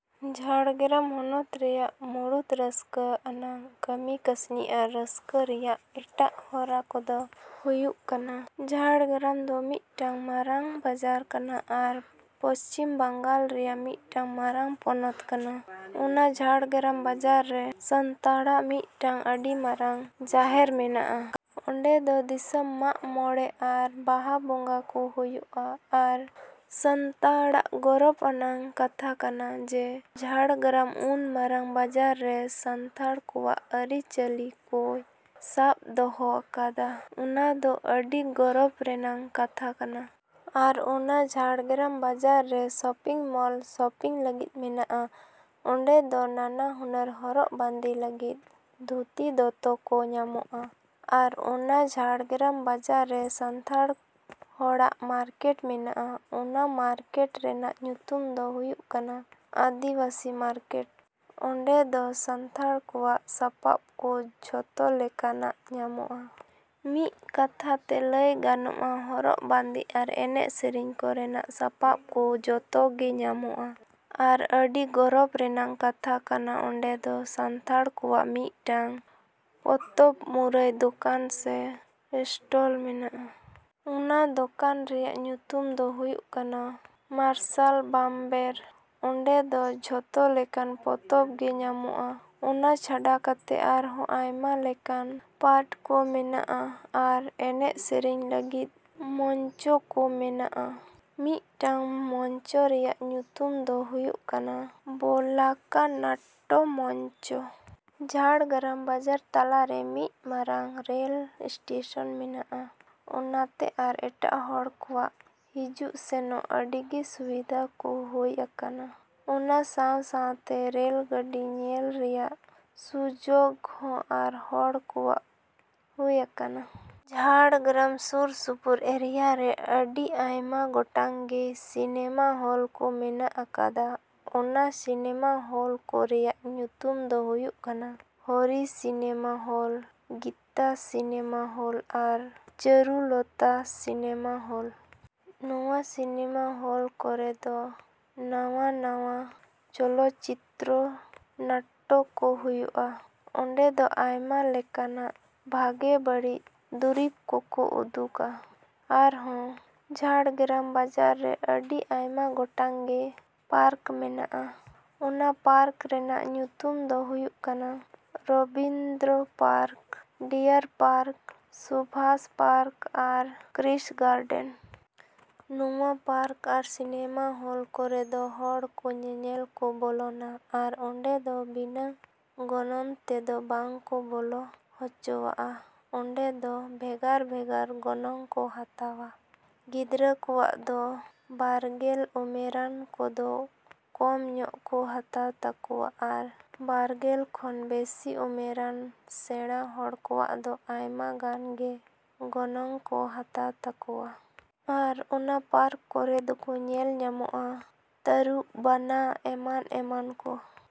ᱡᱷᱟᱲᱜᱨᱟᱢ ᱦᱚᱱᱚᱛ ᱨᱮᱭᱟᱜ ᱢᱩᱬᱩᱛ ᱨᱟᱹᱥᱠᱟᱹ ᱟᱱᱟᱜ ᱠᱟᱹᱢᱤ ᱠᱟᱹᱥᱱᱤ ᱟᱨ ᱨᱟᱹᱥᱠᱟᱹ ᱨᱮᱭᱟᱜ ᱮᱴᱟᱜ ᱦᱚᱨᱟ ᱠᱚᱫᱚ ᱦᱩᱭᱩᱜ ᱠᱟᱱᱟ ᱡᱷᱟᱲᱜᱨᱟᱢ ᱫᱚ ᱢᱤᱫᱴᱟᱝ ᱢᱟᱨᱟᱝ ᱵᱟᱡᱟᱨ ᱠᱟᱱᱟ ᱟᱨ ᱯᱚᱪᱷᱤᱢ ᱵᱟᱝᱞᱟ ᱨᱮᱭᱟᱜ ᱢᱤᱫᱴᱟᱝ ᱢᱟᱨᱟᱝ ᱯᱚᱱᱚᱛ ᱠᱟᱱᱟ᱾ ᱚᱱᱟ ᱡᱷᱟᱲᱜᱨᱟᱢ ᱵᱟᱡᱟᱨ ᱨᱮ ᱥᱟᱱᱛᱟᱲᱟᱜ ᱢᱤᱫᱴᱟᱝ ᱟᱹᱰᱤ ᱢᱟᱨᱟᱝ ᱡᱟᱦᱮᱨ ᱢᱮᱱᱟᱜᱼᱟ᱾ ᱚᱸᱰᱮ ᱫᱚ ᱫᱤᱥᱚᱢ ᱢᱟᱜᱽ ᱢᱚᱸᱬᱮ ᱟᱨ ᱵᱟᱦᱟ ᱵᱚᱸᱜᱟ ᱠᱚ ᱦᱩᱭᱩᱜᱼᱟ᱾ ᱟᱨ ᱥᱟᱱᱛᱟᱲᱟᱜ ᱜᱚᱨᱚᱵᱽ ᱟᱱᱟᱜ ᱠᱟᱛᱷᱟ ᱠᱟᱱᱟ ᱡᱮ ᱡᱷᱟᱲᱜᱨᱟᱢ ᱩᱱ ᱢᱟᱨᱟᱝ ᱵᱟᱡᱟᱨ ᱨᱮ ᱥᱟᱱᱛᱟᱲ ᱠᱚᱣᱟᱜ ᱟᱹᱨᱤᱼᱪᱟᱹᱞᱤ ᱠᱚᱭ ᱥᱟᱵᱽ ᱫᱚᱦᱚ ᱟᱠᱟᱫᱟ᱾ ᱚᱱᱟ ᱫᱚ ᱟᱹᱰᱤ ᱜᱚᱨᱚᱵᱽ ᱨᱮᱱᱟᱜ ᱠᱟᱛᱷᱟ ᱠᱟᱱᱟ᱾ ᱟᱨ ᱚᱱᱟ ᱡᱷᱟᱲᱜᱨᱟᱢ ᱵᱟᱡᱟᱨ ᱨᱮ ᱥᱚᱯᱤᱝ ᱢᱚᱞ ᱥᱚᱯᱤᱝ ᱞᱟᱹᱜᱤᱫ ᱢᱮᱱᱟᱜᱼᱟ᱾ ᱚᱸᱰᱮ ᱫᱚ ᱱᱟᱱᱟ ᱦᱩᱱᱟᱹᱨ ᱦᱚᱨᱚᱜ ᱵᱟᱸᱫᱮ ᱞᱟᱹᱜᱤᱫ ᱫᱷᱩᱛᱤ ᱫᱚᱛᱚ ᱠᱚ ᱧᱟᱢᱚᱜᱼᱟ᱾ ᱟᱨ ᱚᱱᱟ ᱡᱷᱟᱲᱜᱨᱟᱢ ᱵᱟᱡᱟᱨ ᱨᱮ ᱥᱟᱱᱛᱟᱲ ᱦᱚᱲᱟᱜ ᱢᱟᱨᱠᱮᱴ ᱢᱮᱱᱟᱜᱼᱟ᱾ ᱚᱱᱟ ᱢᱟᱨᱠᱮᱴ ᱨᱮᱱᱟᱜ ᱧᱩᱛᱩᱢ ᱫᱚ ᱦᱩᱭᱩᱜ ᱠᱟᱱᱟ ᱟᱹᱫᱤᱵᱟᱹᱥᱤ ᱢᱟᱨᱠᱮᱴ᱾ ᱚᱸᱰᱮ ᱫᱚ ᱥᱟᱱᱛᱟᱲ ᱠᱚᱣᱟᱜ ᱥᱟᱯᱟᱯ ᱠᱚ ᱡᱷᱚᱛᱚ ᱞᱮᱠᱟᱱᱟᱜ ᱧᱟᱢᱚᱜᱼᱟ᱾ ᱢᱤᱫ ᱠᱟᱛᱷᱟᱛᱮ ᱞᱟᱹᱭ ᱜᱟᱱᱚᱜᱼᱟ ᱦᱚᱨᱚᱜ ᱵᱟᱸᱫᱮ ᱟᱨ ᱮᱱᱮᱡ ᱥᱮᱨᱮᱧ ᱠᱚᱨᱮᱱᱟᱜ ᱥᱟᱯᱟᱯ ᱠᱚ ᱡᱚᱛᱚᱜᱮ ᱧᱟᱢᱚᱜᱼᱟ᱾ ᱟᱨ ᱟᱹᱰᱤ ᱜᱚᱨᱚᱵᱽ ᱨᱮᱱᱟᱜ ᱠᱟᱛᱷᱟ ᱠᱟᱱᱟ ᱚᱸᱰᱮ ᱫᱚ ᱥᱟᱱᱛᱟᱲ ᱠᱚᱣᱟᱜ ᱢᱤᱫᱴᱟᱝ ᱯᱚᱛᱚᱵᱽ ᱢᱩᱨᱟᱹᱭ ᱫᱚᱠᱟᱱ ᱥᱮ ᱤᱥᱴᱚᱞ ᱢᱮᱱᱟᱜᱼᱟ᱾ ᱚᱱᱟ ᱫᱚᱠᱟᱱ ᱨᱮᱭᱟᱜ ᱧᱩᱛᱩᱢ ᱫᱚ ᱦᱩᱭᱩᱜ ᱠᱟᱱᱟ ᱢᱟᱨᱥᱟᱞ ᱵᱟᱢᱵᱮᱨ᱾ ᱚᱸᱰᱮ ᱫᱚ ᱡᱷᱚᱛᱚ ᱞᱮᱠᱟᱱ ᱯᱚᱛᱚᱵᱽ ᱜᱮ ᱧᱟᱢᱚᱜᱼᱟ᱾ ᱚᱱᱟ ᱪᱷᱟᱰᱟ ᱠᱟᱛᱮ ᱟᱨᱦᱚᱸ ᱟᱭᱢᱟ ᱞᱮᱠᱟᱱ ᱯᱟᱨᱴ ᱠᱚ ᱢᱮᱱᱟᱜᱼᱟ ᱟᱨ ᱮᱱᱮᱡ ᱥᱮᱨᱮᱧ ᱞᱟᱹᱜᱤᱫ ᱢᱚᱧᱪᱚ ᱠᱚ ᱢᱮᱱᱟᱜᱼᱟ᱾ ᱢᱤᱫᱴᱟᱝ ᱢᱚᱧᱪᱚ ᱨᱮᱭᱟᱜ ᱧᱩᱛᱩᱢ ᱫᱚ ᱦᱩᱭᱩᱜ ᱠᱟᱱᱟ ᱵᱚᱞᱟᱠᱟ ᱱᱟᱴᱴᱚ ᱢᱚᱧᱪᱚ᱾ ᱡᱷᱟᱲᱜᱨᱟᱢ ᱵᱟᱡᱟᱨ ᱛᱟᱞᱟᱨᱮ ᱢᱤᱫ ᱢᱟᱨᱟᱝ ᱨᱮᱞ ᱤᱥᱴᱮᱥᱚᱱ ᱢᱮᱱᱟᱜᱼᱟ᱾ ᱚᱱᱟᱛᱮ ᱟᱨ ᱮᱴᱟᱜ ᱦᱚᱲ ᱠᱚᱣᱟᱜ ᱦᱤᱡᱩᱜ ᱥᱮᱱᱚᱜ ᱟᱹᱰᱤᱜᱮ ᱥᱩᱵᱤᱫᱟ ᱠᱚ ᱦᱩᱭ ᱟᱠᱟᱱᱟ᱾ ᱚᱱᱟ ᱥᱟᱶ ᱥᱟᱶᱛᱮ ᱨᱮᱞ ᱜᱟᱹᱰᱤ ᱧᱮᱞ ᱨᱮᱭᱟᱜ ᱥᱩᱡᱳᱜᱽ ᱦᱚᱸ ᱟᱨ ᱦᱚᱲ ᱠᱚᱣᱟᱜ ᱦᱩᱭ ᱟᱠᱟᱱᱟ᱾ ᱡᱷᱟᱲᱜᱨᱟᱢ ᱥᱩᱨ ᱥᱩᱯᱩᱨ ᱮᱨᱤᱭᱟ ᱨᱮ ᱟᱹᱰᱤ ᱟᱭᱢᱟ ᱜᱚᱴᱟᱝ ᱜᱮ ᱥᱤᱱᱮᱢᱟ ᱦᱚᱞ ᱠᱚ ᱢᱮᱱᱟᱜ ᱟᱠᱟᱫᱼᱟ᱾ ᱚᱱᱟ ᱥᱤᱱᱮᱢᱟ ᱦᱚᱞ ᱠᱚ ᱨᱮᱭᱟᱜ ᱧᱩᱛᱩᱢ ᱫᱚ ᱦᱩᱭᱩᱜ ᱠᱟᱱᱟ Hari cinema hall, Gita cinema hall ᱟᱨ ᱪᱟᱹᱨᱩᱞᱚᱛᱟ ᱥᱤᱱᱮᱢᱟ ᱦᱚᱞ᱾ ᱱᱚᱣᱟ ᱥᱤᱱᱮᱢᱟ ᱦᱚᱞ ᱠᱚᱨᱮᱜ ᱫᱚ ᱱᱟᱣᱟ ᱱᱟᱣᱟ ᱪᱚᱞᱚ ᱪᱤᱛᱨᱚ ᱱᱟᱴᱴᱚ ᱠᱚ ᱦᱩᱭᱩᱜᱼᱟ᱾ ᱚᱸᱰᱮ ᱫᱚ ᱟᱭᱢᱟ ᱞᱮᱠᱟᱱᱟᱜ ᱵᱷᱟᱜᱮ ᱵᱟᱹᱲᱤᱡ ᱫᱩᱨᱤᱵᱽ ᱠᱚᱠᱚ ᱩᱫᱩᱜᱟ᱾ ᱟᱨᱦᱚᱸ ᱡᱷᱟᱲᱜᱨᱟᱢ ᱵᱟᱡᱟᱨ ᱨᱮ ᱟᱹᱰᱤ ᱟᱭᱢᱟ ᱜᱚᱴᱟᱝ ᱜᱮ ᱯᱟᱨᱠ ᱢᱮᱱᱟᱜᱼᱟ᱾ ᱚᱱᱟ ᱯᱟᱨᱠ ᱨᱮᱱᱟᱜ ᱧᱩᱛᱩᱢ ᱠᱚᱫᱚ ᱦᱩᱭᱩᱜ ᱠᱟᱱᱟ ᱨᱚᱵᱤᱱᱫᱨᱚ ᱯᱟᱨᱠ, ᱰᱤᱭᱟᱨ ᱯᱟᱨᱠ, ᱥᱩᱵᱷᱟᱥ ᱯᱟᱨᱠ ᱟᱨ ᱠᱨᱤᱥ ᱜᱟᱨᱰᱮᱱ᱾ ᱱᱚᱣᱟ ᱯᱟᱨᱠ ᱟᱨ ᱥᱤᱱᱮᱢᱟ ᱦᱚᱞ ᱠᱚᱨᱮ ᱫᱚ ᱦᱚᱲ ᱠᱚ ᱧᱮᱧᱮᱞ ᱠᱚ ᱵᱚᱞᱚᱱᱟ ᱟᱨ ᱚᱸᱰᱮ ᱫᱚ ᱵᱤᱱᱟᱹ ᱜᱚᱱᱚᱝ ᱛᱮᱫᱚ ᱵᱟᱝ ᱠᱚ ᱵᱚᱞᱚ ᱦᱚᱪᱚᱣᱟᱜᱼᱟ᱾ ᱚᱸᱰᱮ ᱫᱚ ᱵᱷᱮᱜᱟᱨ ᱵᱷᱮᱜᱟᱨ ᱜᱚᱱᱚᱝ ᱠᱚ ᱦᱟᱛᱟᱣᱟ᱾ ᱜᱤᱫᱽᱨᱟᱹ ᱠᱚᱣᱟᱜ ᱫᱚ ᱵᱟᱨᱜᱮᱞ ᱩᱢᱮᱨᱟᱱ ᱠᱚᱫᱚ ᱠᱚᱢ ᱧᱚᱜ ᱠᱚ ᱦᱟᱛᱟᱣ ᱛᱟᱠᱚᱣᱟ ᱟᱨ ᱵᱟᱨᱜᱮᱞ ᱠᱷᱚᱱ ᱵᱮᱥᱤ ᱩᱢᱮᱨᱟᱱ ᱥᱮᱲᱟ ᱦᱚᱲ ᱠᱚᱣᱟᱜ ᱫᱚ ᱟᱭᱢᱟ ᱜᱟᱱ ᱜᱮ ᱜᱚᱱᱚᱝ ᱠᱚ ᱦᱟᱛᱟᱣ ᱛᱟᱠᱚᱣᱟ᱾ ᱟᱨ ᱚᱱᱟ ᱯᱟᱨᱠ ᱠᱚᱨᱮ ᱫᱚᱠᱚ ᱧᱮᱞ ᱧᱟᱢᱚᱜᱼᱟ ᱛᱟᱹᱨᱩᱵᱽ, ᱵᱟᱱᱟ, ᱮᱢᱟᱱ ᱮᱢᱟᱱ ᱠᱚ᱾